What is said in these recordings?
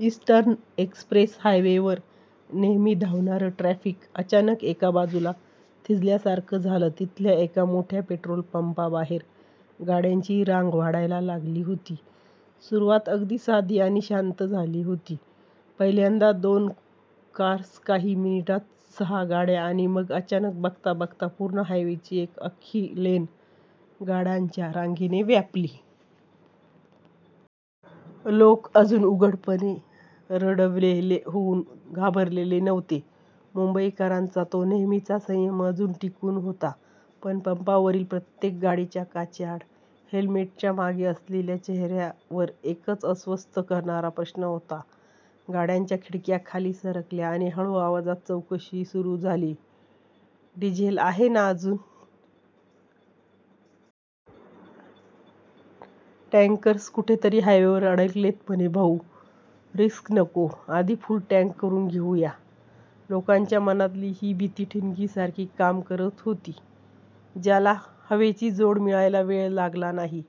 Eastern Express हायवेवर नेहमी धावणारं ट्रॅफिक अचानक एका बाजूला थिजल्यासारखं झालं. तिथल्या एका मोठ्या पेट्रोल पंपाबाहेर गाड्यांची रांग वाढायला लागली होती. सुरुवात अगदी साधी आणि शांत झाली होती. पहिल्यांदा दोन कार्स काही मिनिटांतच सहा गाड्या आणि मग अचानक, बघता बघता पूर्ण हायवेची एक अख्खी लेन गाड्यांच्या रांगेने व्यापली. लोक अजून उघडपणे, रडवेले होऊन घाबरलेले नव्हते. मुंबईकरांचा तो नेहमीचा संयम अजून टिकून होता, पण पंपावरील प्रत्येक गाडीच्या काचेआड, हेल्मेटच्या मागे असलेल्या चेहऱ्यावर एकच अस्वस्थ करणारा प्रश्न होता. गाड्यांच्या खिडक्या खाली सरकल्या आणि हळू आवाजात चौकशी सुरू झाली, "डिझेल आहे ना अजून? " "टँकर्स कुठेतरी हायवेवरच अडकलेत म्हणे " "भाऊ, रिस्क नको आधी फुल टँक करून घेऊ या. " लोकांच्या मनातली ही भीती ठिणगीसारखी काम करत होती, ज्याला हवेची जोड मिळायला वेळ लागला नाही.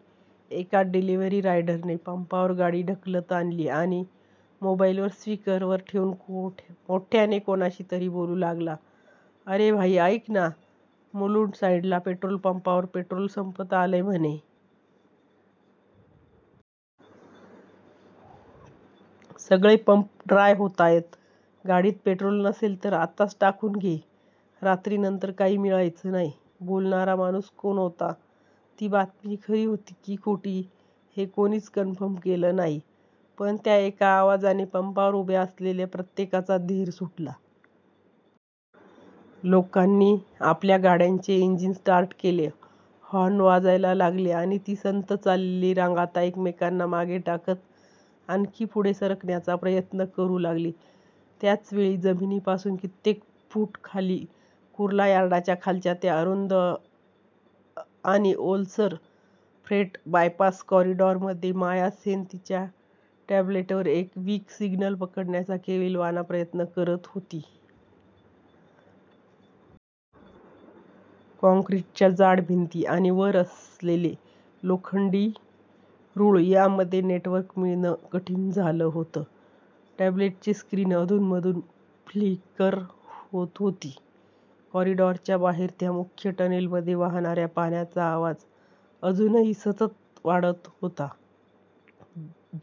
एका डिलिव्हरी रायडरने पंपावर गाडी ढकलत आणली आणि मोबाईल स्पीकरवर ठेवून मोठ्याने कोणाशीतरी बोलू लागला, "अरे भाई, ऐक ना मुलुंड साईडला पेट्रोल पंपावरचं पेट्रोल संपत आलंय म्हणे. सगळे पंप ड्राय होतायत. गाडीत पेट्रोल नसेल तर आत्ताच टाकून घे, रात्रीनंतर काही मिळायचं नाही. " बोलणारा माणूस कोण होता? ती बातमी खरी होती की खोटी? हे कोणीच कन्फर्म केलं नाही. पण त्या एका आवाजाने पंपावर उभ्या असलेल्या प्रत्येकाचा धीर सुटला. लोकांनी आपल्या गाड्यांचे इंजिन स्टार्ट केले, हॉर्न वाजायला लागले आणि ती संथ चाललेली रांग आता एकमेकांना मागे टाकत आणखी पुढे सरकण्याचा प्रयत्न करू लागली. त्याच वेळी, जमिनीपासून कित्येक फूट खाली कुर्ला यार्डाच्या खालच्या त्या अत्यंत अरुंद आणि ओलसर 'फ्रेट बायपास कॉरिडॉर'मध्ये माया सेन तिच्या टॅब्लेटवर एक वीक सिग्नल पकडण्याचा केविलवाणा प्रयत्न करत होती. काँक्रीटच्या जाड भिंती आणि वर असलेले लोखंडी रूळ यांमुळे नेटवर्क मिळणं कठीण झालं होतं. टॅब्लेटची स्क्रीन अधूनमधून फ्लिकर होत होती. कॉरिडॉरच्या बाहेर, त्या मुख्य टनेलमध्ये वाहणाऱ्या पाण्याचा आवाज अजूनही सतत वाढत होता,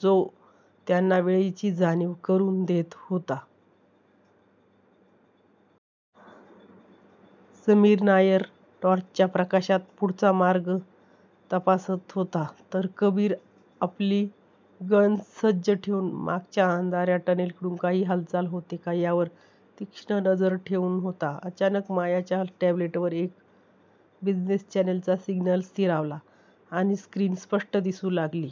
जो त्यांना वेळेची जाणीव करून देत होता. समीर नायर टॉर्चच्या प्रकाशात पुढचा मार्ग तपासत होता, तर कबीर आपली गन सज्ज ठेवून मागच्या अंधाऱ्या टनेलकडून काही हालचाल होते का, यावर तीक्ष्ण नजर ठेवून होता. अचानक, मायाच्या टॅब्लेटवर एका बिझनेस चॅनेलचा सिग्नल स्थिरावला आणि स्क्रीन स्पष्ट दिसू लागली.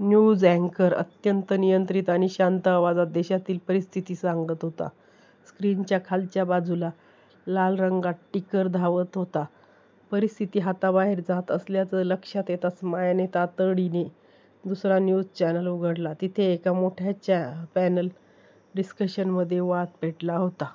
न्यूज अँकर अत्यंत नियंत्रित आणि शांत आवाजात देशातील परिस्थिती सांगत होता, स्क्रीनच्या खालच्या बाजूला लाल रंगात टिकर धावत होता. परिस्थिती हाताबाहेर जात असल्याचं लक्षात येताच मायाने तातडीने दुसरा न्यूज चॅनेल उघडला. तिथे एका मोठ्या पॅनल डिस्कशनमध्ये वाद पेटला होता.